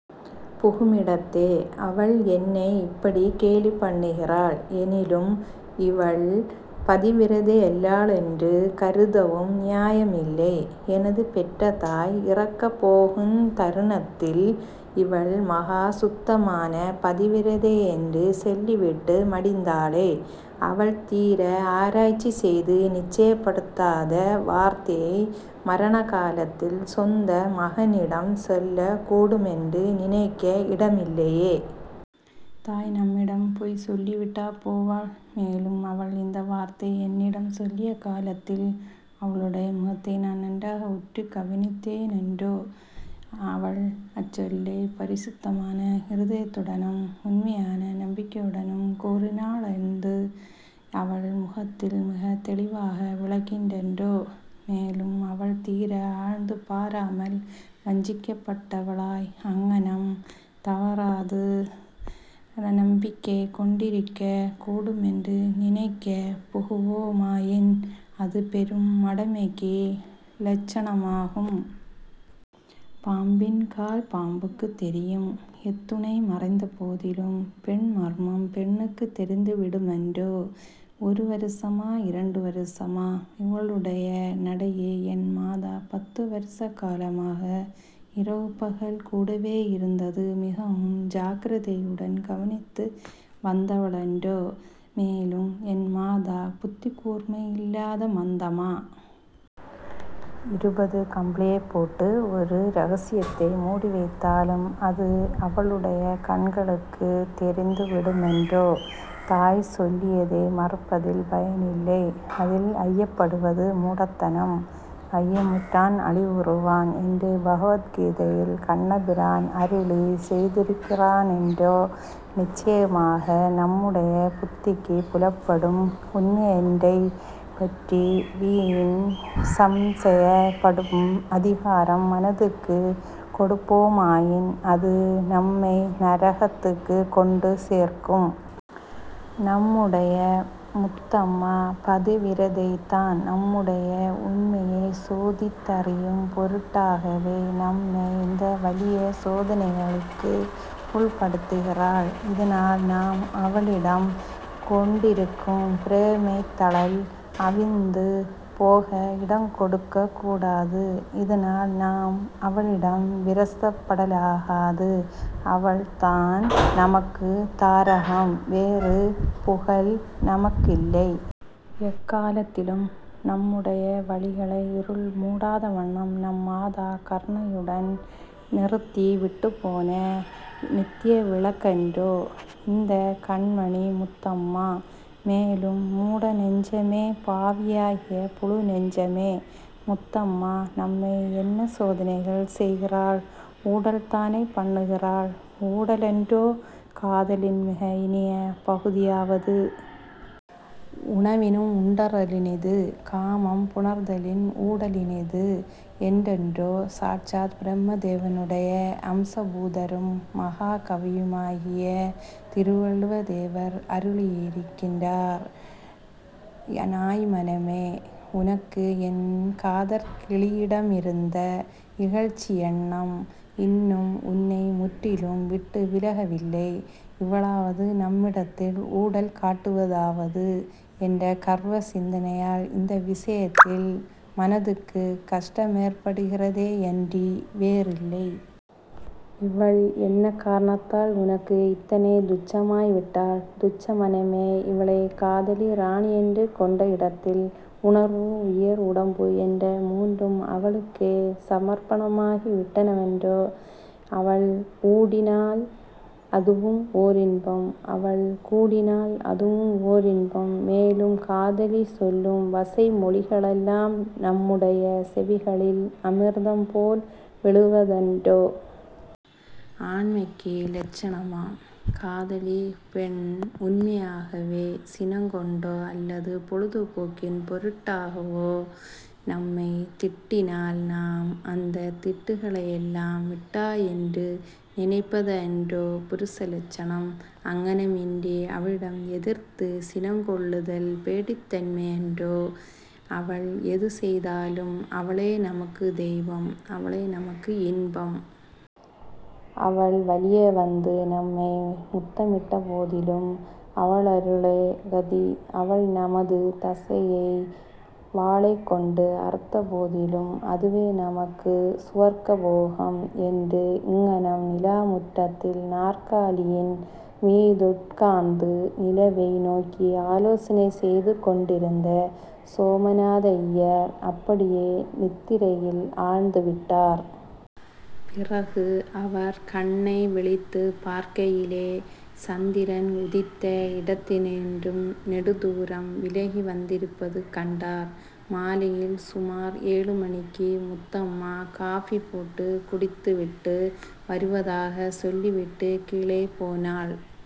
புகுமிடத்தே, அவள் என்னை இப்படிக் கேலி பண்ணுகிறாள். எனிலும் இவள் பதிவிரதையல்லாளென்று கருதவும் நியாயமில்லே. எனது பெற்ற தாய் இறக்கப் போகுந் தருணத்தில் இவள் மகா சுத்தமான பதிவிரதையென்று சொல்லிவிட்டு மடிந்தாளே. அவள் தீர ஆராய்ச்சி செய்து நிச்சயப்படுத்தாத வார்த்தையை மரண காலத்தில் சொந்த மகனிடம் சொல்லக் கூடுமென்று நினைக்க இடமில்லையே. தாய் நம்மிடம் பொய் சொல்லிவிட்டா போவாள்? மேலும், அவள் இந்த வார்த்தை என்னிடம் சொல்லிய காலத்தில், அவளுடைய முகத்தை நான் நன்றாக உற்று கவனித்தேனன்றோ? அவள் அச்சொல்லைப் பரிசுத்தமான இருதயத்துடனம் உண்மையான நம்பிக்கையுடனும் கூறினாளென்து அவள் முகத்தில் மிகத் தெளிவாக விளங்கிற்றன்றோ? மேலும், அவள் தீர ஆழ்ந்து பாராமல் வஞ்சிக்கப்பட்டவளாய் அங்ஙனம் தவறாது நம்பிக்கை கொண்டிருக்கக் கூடுமென்று நினைக்கப் புகுவோமாயின், அது பெரு மடைமைக்கு லட்சணமாகும். பாம்பின் கால் பாம்புக்குத் தெரியும். எத்துணை மறைந்த போதிலும் பெண் மர்மம் பெண்ணுக்குத் தெரிந்து விடுமன்றோ? ஒரு வருஷமா, இரண்டு வருஷமா? இவளுடைய நடையை என் மாதா பத்து வருஷகாலமாக, இரவு பகல் கூடவேயிருந்தது மிகவும் ஜாக்கிரதையுடன் கவனித்து வந்தவளன்றோ? மேலும் என் மாதா புத்திக்கூர்மையில்லாத மந்தமா? இருபது கம்பிளியை போட்டு ஒரு ரகசியத்தை மூடி வைத்தாலும், அது அவளுடைய கண்களுக்குத் தெரிந்து விடுமன்றோ? தாய் சொல்லியதை மறுப்பதில் பயனில்லை. அதில் ஐயப்படுவது மூடத்தனம். 'ஐயமுற்றான் அழிவுறுவான்' என்று பகவத் கீதையில் கண்ணபிரான் அருளிச் செய்திருக்கிறானன்றோ? நிச்சயமாக நம்முடைய புத்திக்குப் புலப்படும் உண்மையன்றைப் பற்றி வீண் சம்சயப் படும் அதிகாரம் மனத்துக்குக் கொடுப்போமாயின், அது நம்மை நரகத்தில் கொண்டு சேர்க்கும். நம்முடைய முத்தம்மா பதிவிரதைதான். நம்முடைய உண்மையைச் சோதி த்-தறியும் பொருட்டாகவே, நம்மை இந்த வலிய சோதனைகளுக்கு உட்படுத்துகிறாள். இதனால் நாம் அவளிடம் கொண்டிருக்கும் பிரேமைத் தழல் அவிந்து போக இடங் கொடுக்கக்கூடாது. இதனால் நாம் அவளிடம் விரசப்படலாகாது. அவள் தான் நமக்குத் தாரகம். வேறு புகல் நமக்கில்லை. எக்கலாத்திலும் நம்முடைய வழிகளை இருள் மூடாத வண்ணம் நம் மாதா கருணையுடன் நிறுத்தி விட்டுப்போன நித்ய விளக்கன்றோ இந்தக் கண்மணி முத்தம்மா? மேலும், மூட நெஞ்சமே! பாவியாகிய புழு நெஞ்சமே! முத்தம்மா நம்மை என்ன சோதனைகள் செய்கிறாள்? ஊடல் தானே பண்ணுகிறாள்? ஊடலன்றோ காதலின் மிக இனிய பகுதியாவது? உணவினும் உண்டதறலினிது காமம் புணர்தலின் ஊட லினிது என்றன்றோ சாட்சாத் பிரமதேவனுடைய அம்சபூதரும் மகாகவியுமாகிய திருவள்ளுவ தேவர் அருளியிருக்கின்றார். நாய் மனமே! உனக்கு என் காதற் கிளியிடமிருந்த இகழ்ச்சியெண்ணம் இன்னும் உன்னை முற்றிலும் விட்டு விலகவில்லை. 'இவளாவது? நம்மிடத்தில் ஊடல் காட்டுவதாவது? ' என்ற கர்வ சிந்தனையால், இந்த விஷயத்தில் மனதுக்குக் கஷ்டமேற்படுகிறதேயன்றி வேறில்லை. இவள் என்ன காரணத்தால் உனக்கு இத்தனை துச்சமாய் விட்டாள்? துச்ச மனமே? இவளைக் காதலிராணியென்று கொண்ட இடத்தில், உணர்வு, உயிர், உடம்பு என்ற மூன்றும் அவளுக்கே சமர்ப்பணமாகி விட்டனவன்றோ? அவள் ஊடினால் அதுவும் ஓரின்பம். அவள் கூடினால் அதுவும் ஓரின்பம். மேலும், காதலி சொல்லும் வசை மொழிகளெல்லாம் நம்முடைய செவிகளில் அமிர்தம் போல் விழுவதன்றோ? ஆண்மைக்கு லட்சணமாம்? காதலிப் பெண் உண்மையாகவே சினங் கொண்டோ அல்லது பொழுது போக்கின் பொருட்டாகவோ, நம்மைத் திட்டினால், நாம் அந்தத் திட்டுக்களையெல்லாம் மிட்டாயென்று நினைப்பதன்றோ புருஷலட்சணம்? அங்ஙனமின்றி அவளிடம் எதிர்த்துச் சினங் கொள்ளுதல் பேடித்தன்மையன்றோ? அவள் எது செய்தாலும் அவளே நமக்குத் தெய்வம், அவளே நமக்கு இன்பம். அவள் வலிய வந்து நம்மை முத்தமிட்டபோதிலும், அவளருளே கதி. அவள் நமது தசையை வாளைக் கொண்டு அறுத்தபோதிலும், அதுவே நமக்கு சுவர்க்க போகம். '' என்று இங்ஙனம் நிலாமுற்றத்தில் நாற்காலியின் மீதுட்கார்ந்து நிலவை நோக்கி ஆலோசனை செய்து கொண்டிருந்த சோமநாதய்யர் அப்படியே நித்திரையில் ஆழ்ந்து விட்டார். பிறகு அவர் கண்ணை விழித்துப் பார்க்கையிலே, சந்திரன் உதித்த இடத்தினின்றும் நெடுந்தூரம் விலகிவந்திருப்பது கண்டார். மாலையில் சுமார் ஏழுமணிக்கு முத்தம்மா காபி போட்டுக் குடித்துவிட்டு வருவதாகச் சொல்லி விட்டுக் கீழே போனாள்.